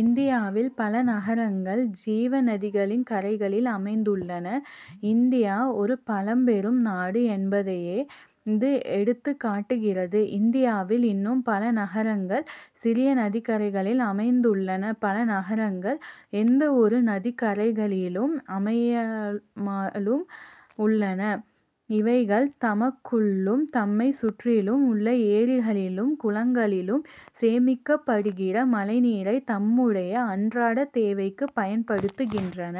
இந்தியாவில் பல நகரங்கள், ஜீவநதிகளின் கரைகளில் அமைந்துள்ளன. இந்தியா ஒரு பழம்பெரும் நாடு என்பதையே, இது எடுத்துக்காட்டுகிறது. இந்தியாவில் இன்னும் பல நகரங்கள், சிறிய நதிக்கரைகளில் அமைந்துள்ளன பல நகரங்கள், எந்த ஒரு நதிக்கரைகளிலும் அமையமாலும் உள்ளன. இவைகள் தமக்குள்ளும், தம்மை சுற்றிலும் உள்ள ஏரிகளிலும், குளங்களிலும் சேமிக்கப்படுகிற மழைநீரை, தம்முடைய அன்றாட தேவைக்கு பயன்படுத்துகின்றன.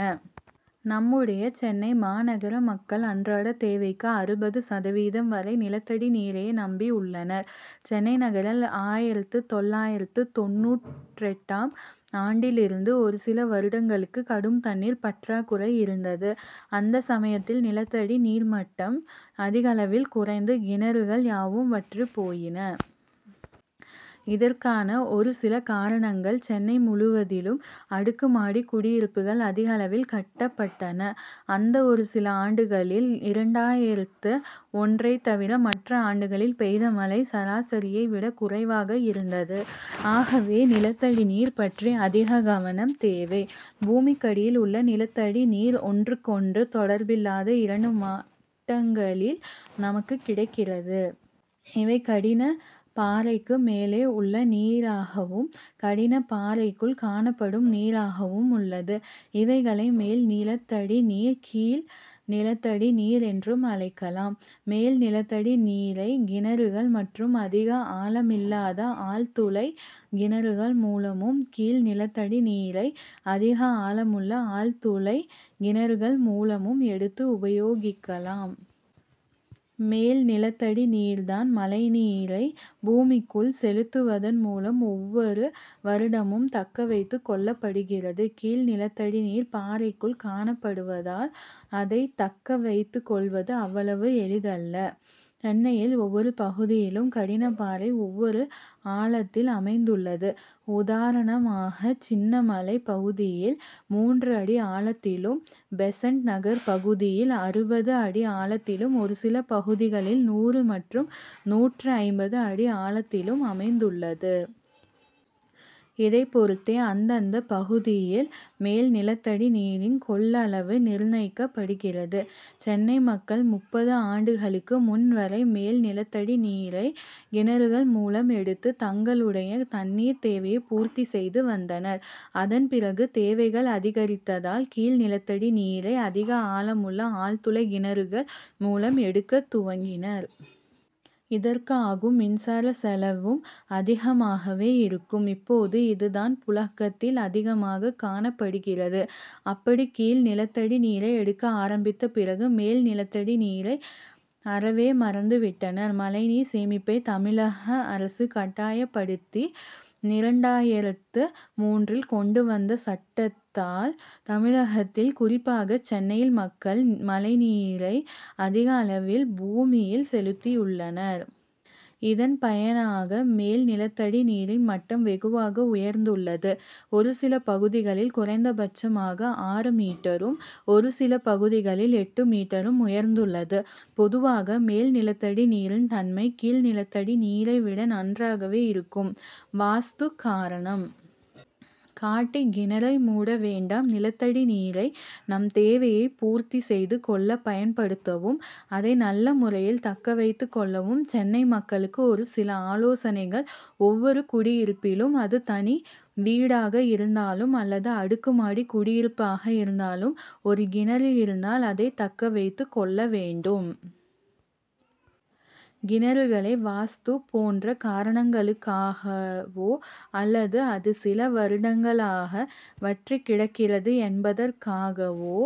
நம்முடைய சென்னை மாநகர மக்கள் அன்றாட தேவைக்கு அறுபது சதவீதம் வரை, நிலத்தடி நீரையே நம்பி உள்ளனர். சென்னை நகரில், ஆயிரத்து தொள்ளாயிரத்து தொண்ணூற்றெட்டாம் ஆண்டிலிருந்து ஒரு சில வருடங்களுக்கு கடும் தண்ணீர் பற்றாக்குறை இருந்தது. அந்த சமயத்தில் நிலத்தடி நீர்மட்டம் அதிகளவில் குறைந்து, கிணறுகள் யாவும் வற்றிப் போயின. இதற்கான ஒரு சில காரணங்கள்சென்னை முழுவதிலும் அடுக்கு மாடி குடியிருப்புகள் அதிகளவில் கட்டப்பட்டன. அந்த ஒரு சில ஆண்டுகளில், இரண்டாயிரத்து ஒன்றை தவிர, மற்ற ஆண்டுகளில் பெய்த மழை, சராசரியை விட குறைவாகவே இருந்தது. ஆகவே நிலத்தடி நீர் பற்றி அதிக கவனம் தேவை. பூமிக்கடியில் உள்ள நிலத்தடி நீர் ஒன்றுக்கொன்று தொடர்பில்லாத இரண்டு மட்டங்களில் நமக்கு கிடைக்கிறது. இவை கடின பாறைக்கு மேலே உள்ள நீராகவும், கடின பாறைக்குள் காணப்படும் நீராகவும் உள்ளது. இவைகளை மேல் நிலத்தடி நீர், கீழ் நிலத்தடி நீர் என்றும் அழைக்கலாம். மேல் நிலத்தடி நீரை கிணறுகள் மற்றும் அதிக ஆழமில்லாத ஆழ்துளை கிணறுகள் மூலமும், கீழ் நிலத்தடி நீரை அதிக ஆழமுள்ள ஆழ்துளை கிணறுகள் மூலமும் எடுத்து உபயோகிக்கலாம். மேல் நிலத்தடி நீர் தான், மழைநீரை பூமிக்குள் செலுத்துவதன் மூலம் ஒவ்வொரு வருடமும், தக்கவைத்துக் கொள்ளப்படுகிறது. கீழ் நிலத்தடி நீர் பாறைக்குள் காணப்படுவதால், அதை தக்க வைத்துக் கொள்வது அவ்வளவு எளிதல்ல. சென்னையில் ஒவ்வொரு பகுதியிலும் கடின பாறை, ஒவ்வொரு ஆழத்தில் அமைந்துள்ளது. உதாரணமாக, சின்னமலை பகுதியில் மூன்று அடி ஆழத்திலும், பெசன்ட் நகர் பகுதியில் அறுபது அடி ஆழத்திலும், ஒரு சில பகுதிகளில் நூறு மற்றும் நூற்று ஐம்பது அடி ஆழத்திலும் அமைந்துள்ளது. இதை பொருத்தே அந்தந்த பகுதியில் மேல் நிலத்தடி நீரின் கொள்ளளவு நிர்ணயிக்கப்படுகிறது. சென்னை மக்கள், முப்பது ஆண்டுகளுக்கு முன் வரை, மேல் நிலத்தடி நீரை கிணறுகள் மூலம் எடுத்து, தங்களுடைய தண்ணீர் தேவையை பூர்த்தி செய்து வந்தனர். அதன் பிறகு தேவைகள் அதிகரித்ததால், கீழ் நிலத்தடி நீரை அதிக ஆழமுள்ள ஆழ்துளை கிணறுகள் மூலம் எடுக்கத் துவங்கினர். இதற்கு ஆகும் மின்சார செலவும் அதிகமாகவே இருக்கும். இப்போது இது தான் புழக்கத்தில் அதிகமாக காணப்படுகிறது. அப்படி கீழ் நிலத்தடி நீரை எடுக்க ஆரம்பித்த பிறகு, மேல் நிலத்தடி நீரை அறவே மறந்து விட்டனர். மழைநீர் சேமிப்பை தமிழக அரசு கட்டாயப்படுத்தி, இரண்டாயிரத்து மூன்றில் கொண்டு வந்த சட்டத்தால், தமிழகத்தில் குறிப்பாக சென்னையில் மக்கள், மழைநீரை அதிக அளவில் பூமியில் செலுத்தியுள்ளனர். இதன் பயனாக, மேல் நிலத்தடி நீரின் மட்டம் வெகுவாக உயர்ந்துள்ளது. ஒரு சில பகுதிகளில் குறைந்தபட்சமாக ஆறு மீட்டரும், ஒரு சில பகுதிகளில் எட்டு மீட்டரும் உயர்ந்துள்ளது. பொதுவாக, மேல் நிலத்தடி நீரின் தன்மை, கீழ் நிலத்தடி நீரை விட நன்றாகவே இருக்கும். வாஸ்து காரணம் காட்டி கிணறை மூட வேண்டாம் நிலத்தடி நீரை, நம் தேவையை பூர்த்தி செய்து கொள்ள பயன்படுத்தவும், அதை நல்ல முறையில் தக்க வைத்துக் கொள்ளவும், சென்னை மக்களுக்கு ஒரு சில ஆலோசனைகள் ஒவ்வொரு குடியிருப்பிலும், அது தனி வீடாக இருந்தாலும் அல்லது அடுக்குமாடி குடியிருப்பாக இருந்தாலும், ஒரு கிணறு இருந்தால், அதை தக்க வைத்துக் கொள்ள வேண்டும். கிணறுகளை வாஸ்து போன்ற காரணங்களுக்காகவோ அல்லது அது சில வருடங்களாக வற்றிக் கிடக்கிறது என்பதற்காகவோ,